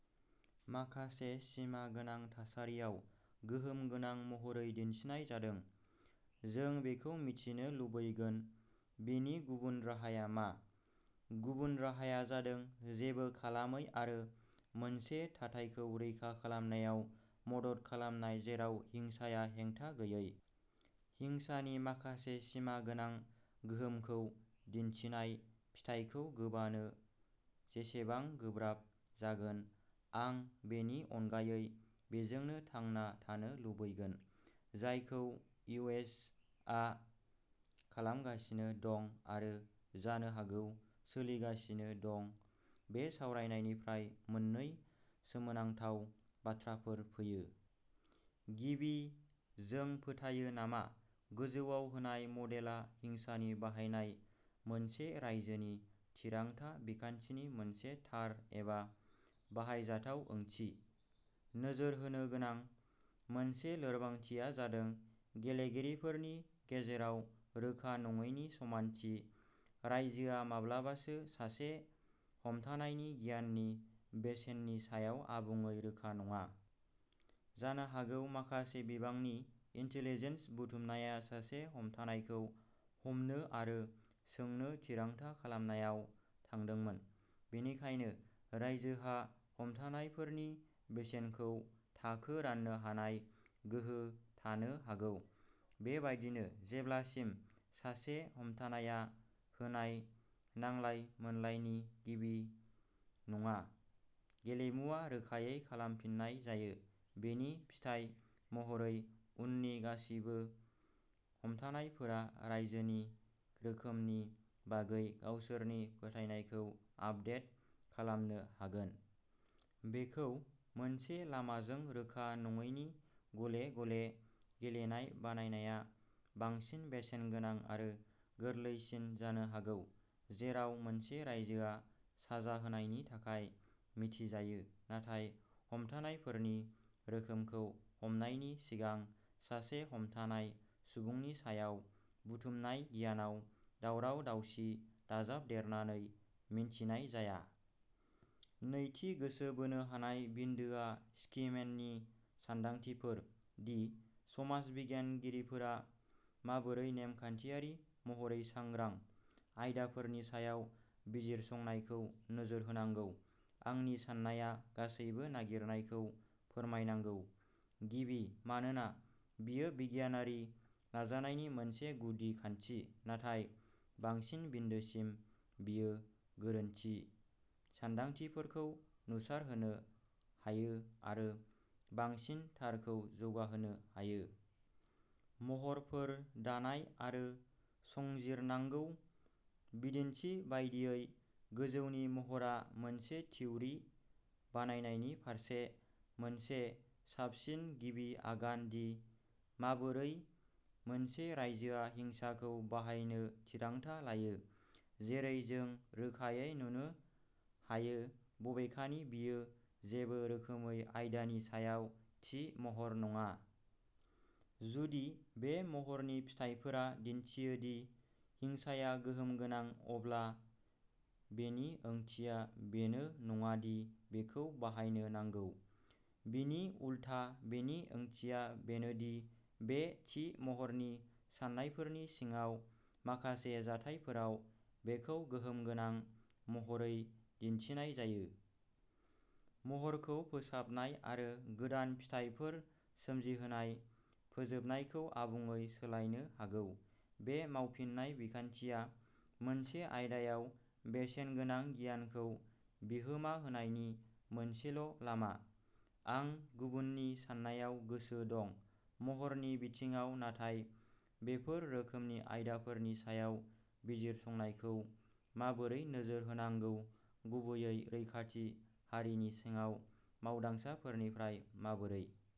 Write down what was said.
माखासे सिमा गोनां थासारियाव गोहोम गोनां महरै दिन्थिनाय जादों, जों बेखौ मिथिनो लुबैगोन। बेनि गुबुन राहाया मा? गुबुन राहाया जादों जेबो खालामै आरो मोनसे थाथायखौ रैखा खालामनायाव मदद खालामनाय जेराव हिंसाया हेंथा गैयै। हिंसानि माखासे सिमा गोनां गोहोमखौ दिन्थिनाय फिथायखौ गोबानो जेसेबां गोब्राब जागोन, आं बेनि अनगायै बेजोंनो थांना थानो लुबैगोन, जायखौ इउ. एस. आ खालामगासिनो दं-आरो जानो हागौ सोलिगासिनो दं। बे सावरायनायनिफ्राय मोननै गोसोनांथाव बाथ्राफोर फैयो। गिबि, जों फोथायो नामा गोजौआव होनाय मडेलआ हिंसानि बाहायनाय मोनसे रायजोनि थिरांथा बिखान्थिनि मोनसे थार एबा बाहायजाथाव ओंथि? नोजोर होनो गोनां मोनसे लोरबांथिया जादों गेलेगिरिफोरनि गेजेराव रोखा नङैनि समानथि। रायजोआ माब्लाबासो सासे हमथानायनि गियाननि बेसेननि सायाव आबुङै रोखा नङा। जानो हागौ माखासे बिबांनि इन्टेलिजेन्स बुथुमनाया सासे हमथानायखौ हमनो आरो सोंनो थिरांथा खालामनायाव थांदोंमोन, बेनिखायनो, रायजोहा हमथानायफोरनि बेसेनखौ थाखो राननो हानाय गोहो थानो हागौ। बेबायदिनो, जेब्लासिम सासे हमथानायआ होनाय नांलाय-मोनलायनि गिबि नङा, गेलेमुआ रोखायै खालामफिननाय जायो; बेनि फिथाय महरै, उननि गासैबो हमथानायफोरा रायजोनि रोखोमनि बागै गावसोरनि फोथायनायखौ आपदेट खालामनो हागोन। बेखौ मोनसे-लामाजों रोखा नङैनि गले-गले गेलेनाय बानायनाया बांसिन बेसेनगोनां आरो गोरलैसिन जानो हागौ, जेराव मोनसे रायजोआ साजा होनायनि थाखाय मिथिजायो, नाथाय हमथानायफोरनि रोखोमखौ हमनायनि सिगां सासे हमथानाय सुबुंनि सायाव बुथुमनाय गियानाव दावराव-दावसि दाजाबदेरनानै मिन्थिनाय जाया। नैथि गोसो बोनो हानाय बिन्दोआ स्किमेननि सानदांथिफोर दि समाज बिगियानगिरिफोरा माबोरै नेमखान्थियारि महरै सांग्रां आयदाफोरनि सायाव बिजिरसंनायखौ नोजोर होनांगौ। आंनि साननाया गासैबो नागिरनायखौ फोरमायनांगौ; गिबि मानोना बेयो बिगियानारि नाजानायनि मोनसे गुदि खान्थि, नाथाय बांसिन बिन्दोसिम, बेयो गोरोन्थि सान्दांथिफोरखौ नुसारहोनो हायो आरो बांसिन थारखौ जौगाहोनो हायो। महरफोर दानाय आरो संजिरनांगौ। बिदिन्थि बायदियै, गोजौनि महरआ मोनसे थिउरि बानायनायनि फारसे मोनसे साबसिन गिबि आगान दि माबोरै मोनसे रायजोआ हिंसाखौ बाहायनो थिरांथा लायो। जेरै जों रोखायै नुनो हायो, बबेखानि, बेयो जेबो रोखोमै आयदानि सायाव थि महर नङा। जुदि बे महरनि फिथायफोरा दिन्थियो दि हिंसाया गोहोम गोनां, अब्ला बेनि ओंथिया बेनो नङा दि बेखौ बाहायनो नांगौ। बिनि उलथा, बेनि ओंथिया बेनो दि बे थि महरनि सान्नायफोरनि सिङाव, माखासे जाथायफोराव, बेखौ गोहोम गोनां महरै दिन्थिनाय जायो। महरखौ फोसाबनाय, आरो गोदान फिथायफोर सोमजिहोनाय, फोजोबनायखौ आबुङै सोलायनो हागौ। बे मावफिननाय बिखान्थिया मोनसे आयदायाव बेसेनगोनां गियानखौ बिहोमा होनायनि मोनसेल'लामा। आं गुबुननि साननायाव गोसो दं, महरनि बिथिङाव, नाथाय बेफोर रोखोमनि आयदाफोरनि सायाव बिजिरसंनायखौ माबोरै नोजोर होनांगौ। गुबैयै रैखाथि हारिनि सिङाव मावदांसाफोरनिफ्राय। माबोरै